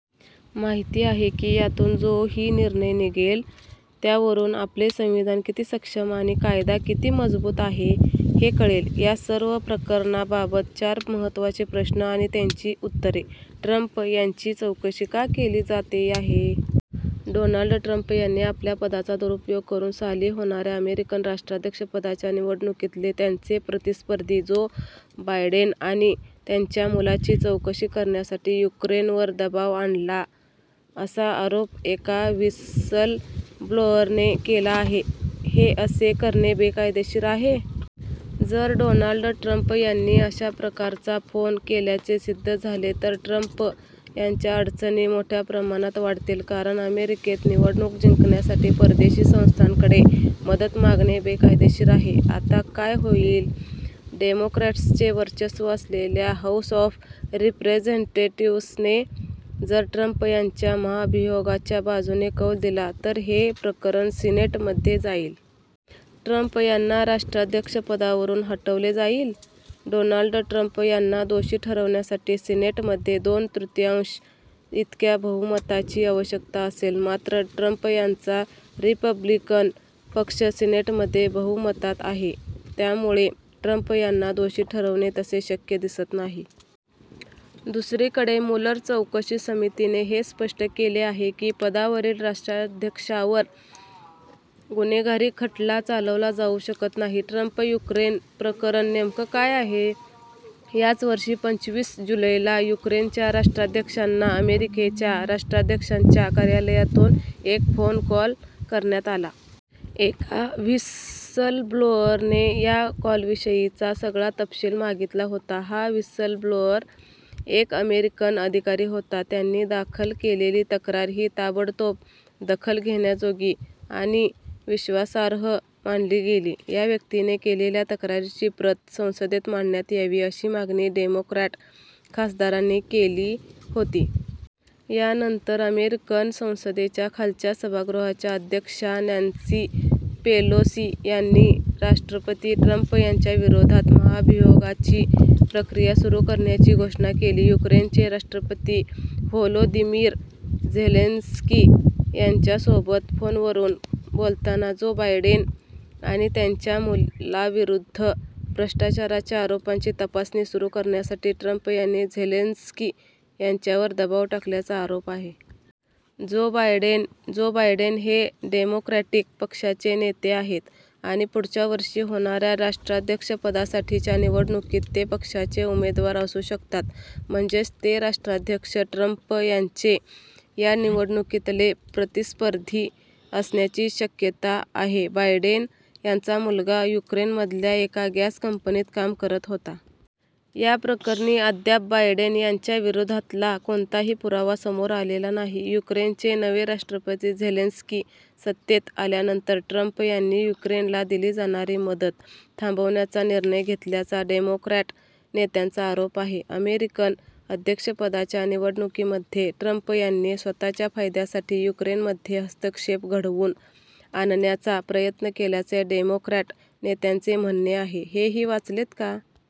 माहिती आहे की यातून जोही निर्णय निघेल, त्यावरून आपले संविधान किती सक्षम आणि कायदा किती मजबूत आहे, हे कळेल. या सर्व प्रकरणाबाबत चार महत्त्वाचे प्रश्न आणि त्यांची उत्तरे: ट्रम्प यांची चौकशी का केली जाते आहे? डोनाल्ड ट्रम्प यांनी आपल्या पदाचा दुरुपयोग करून, साली होणाऱ्या अमेरिकन राष्ट्राध्यक्षपदाच्या निवडणुकीतले त्यांचे प्रतिस्पर्धी जो बायडेन आणि त्यांच्या मुलाची चौकशी करण्यासाठी युक्रेनवर दबाव आणला, असा आरोप एका व्हिसलब्लोअरने केला आहे. हे असे करणे बेकायदेशीर आहे? जर डोनाल्ड ट्रम्प यांनी अशा प्रकारचा फोन केल्याचे सिद्ध झाले तर ट्रम्प यांच्या अडचणी मोठ्या प्रमाणात वाढतील. कारण अमेरिकेत निवडणूक जिंकण्यासाठी परदेशी संस्थांकडे मदत मागणे बेकायदेशीर आहे. आता काय होईल? डेमोक्रॅट्सचे वर्चस्व असलेल्या हाऊस ऑफ रिप्रेझेंटेटिव्ह्सने जर ट्रम्प यांच्या महाभियोगाच्या बाजूने कौल दिला, तर हे प्रकरण सिनेटमध्ये जाईल. ट्रम्प यांना राष्ट्राध्यक्षपदावरून हटवले जाईल? डोनाल्ड ट्रम्प यांना दोषी ठरवण्यासाठी सिनेटमध्ये दोन तृतीयांश इतक्या बहुमताची आवश्यकता असेल. मात्र ट्रम्प यांचा रिपब्लिकन पक्ष सिनेटमध्ये बहुमतात आहे. त्यामुळे ट्रम्प यांना दोषी ठरवणे तसे शक्य दिसत नाही. दुसरीकडे, मुलर चौकशी समितीने हे स्पष्ट केले आहे की, पदावरील राष्ट्राध्यक्षावर गुन्हेगारी खटला चालवला जाऊ शकत नाही. ट्रम्प-युक्रेन प्रकरण नेमकं काय आहे? याच वर्षी पंचवीस जुलैला युक्रेनच्या राष्ट्राध्यक्षांना अमेरिकेच्या राष्ट्राध्यक्षांच्या कार्यालयातून एक फोन कॉल करण्यात आला. एका व्हिसलब्लोअरने या कॉलविषयीचा सगळा तपशील मागितला होता. हा व्हिसलब्लोअर एक अमेरिकन अधिकारी होता. त्यांनी दाखल केलेली तक्रार ही 'ताबडतोब दखल घेण्याजोगी' आणि विश्वासार्ह मानली गेली. या व्यक्तीने केलेल्या तक्रारीची प्रत संसदेत मांडण्यात यावी अशी मागणी डेमोक्रॅट खासदारांनी केली होती. यानंतर अमेरिकन संसदेच्या खालच्या सभागृहाच्या अध्यक्षा नॅन्सी पेलोसी यांनी राष्ट्रपती ट्रम्प यांच्याविरोधात महाभियोगाची प्रक्रिया सुरू करण्याची घोषणा केली. युक्रेनचे राष्ट्रपती व्होलोदिमीर झेलेन्स्की यांच्यासोबत फोनवरून बोलताना जो बायडेन आणि त्यांच्या मुलाविरुद्ध भ्रष्टाचाराच्या आरोपांची तपासणी सुरू करण्यासाठी ट्रम्प यांनी झेलेन्स्की यांच्यावर दबाव टाकल्याचा आरोप आहे. जो बायडेन - जो बायडेन हे डेमोक्रॅटिक पक्षाचे नेते आहेत आणि पुढच्या वर्षी होणाऱ्या राष्ट्राध्यक्षपदासाठीच्या निवडणुकीत ते पक्षाचे उमेदवार असू शकतात. म्हणजेच ते राष्ट्राध्यक्ष ट्रम्प यांचे या निवडणुकीतले प्रतिस्पर्धी असण्याची शक्यता आहे. बायडेन यांचा मुलगा युक्रेनमधल्या एका गॅस कंपनीत काम करत होता. याप्रकरणी अद्याप बायडेन यांच्या विरोधातला कोणताही पुरावा समोर आलेला नाही. युक्रेनचे नवे राष्ट्रपती झेलेन्स्की सत्तेत आल्यानंतर ट्रम्प यांनी युक्रेनला दिली जाणारी मदत थांबवण्याचा निर्णय घेतल्याचा डेमोक्रॅट नेत्यांचा आरोप आहे. अमेरिकन अध्यक्षपदाच्या निवडणुकीमध्ये ट्रम्प यांनी स्वतःच्या फायद्यासाठी युक्रेनमध्ये हस्तक्षेप घडवून आणण्याचा प्रयत्न केल्याचे डेमोक्रॅट नेत्यांचे म्हणणे आहे. हेही वाचलेत का?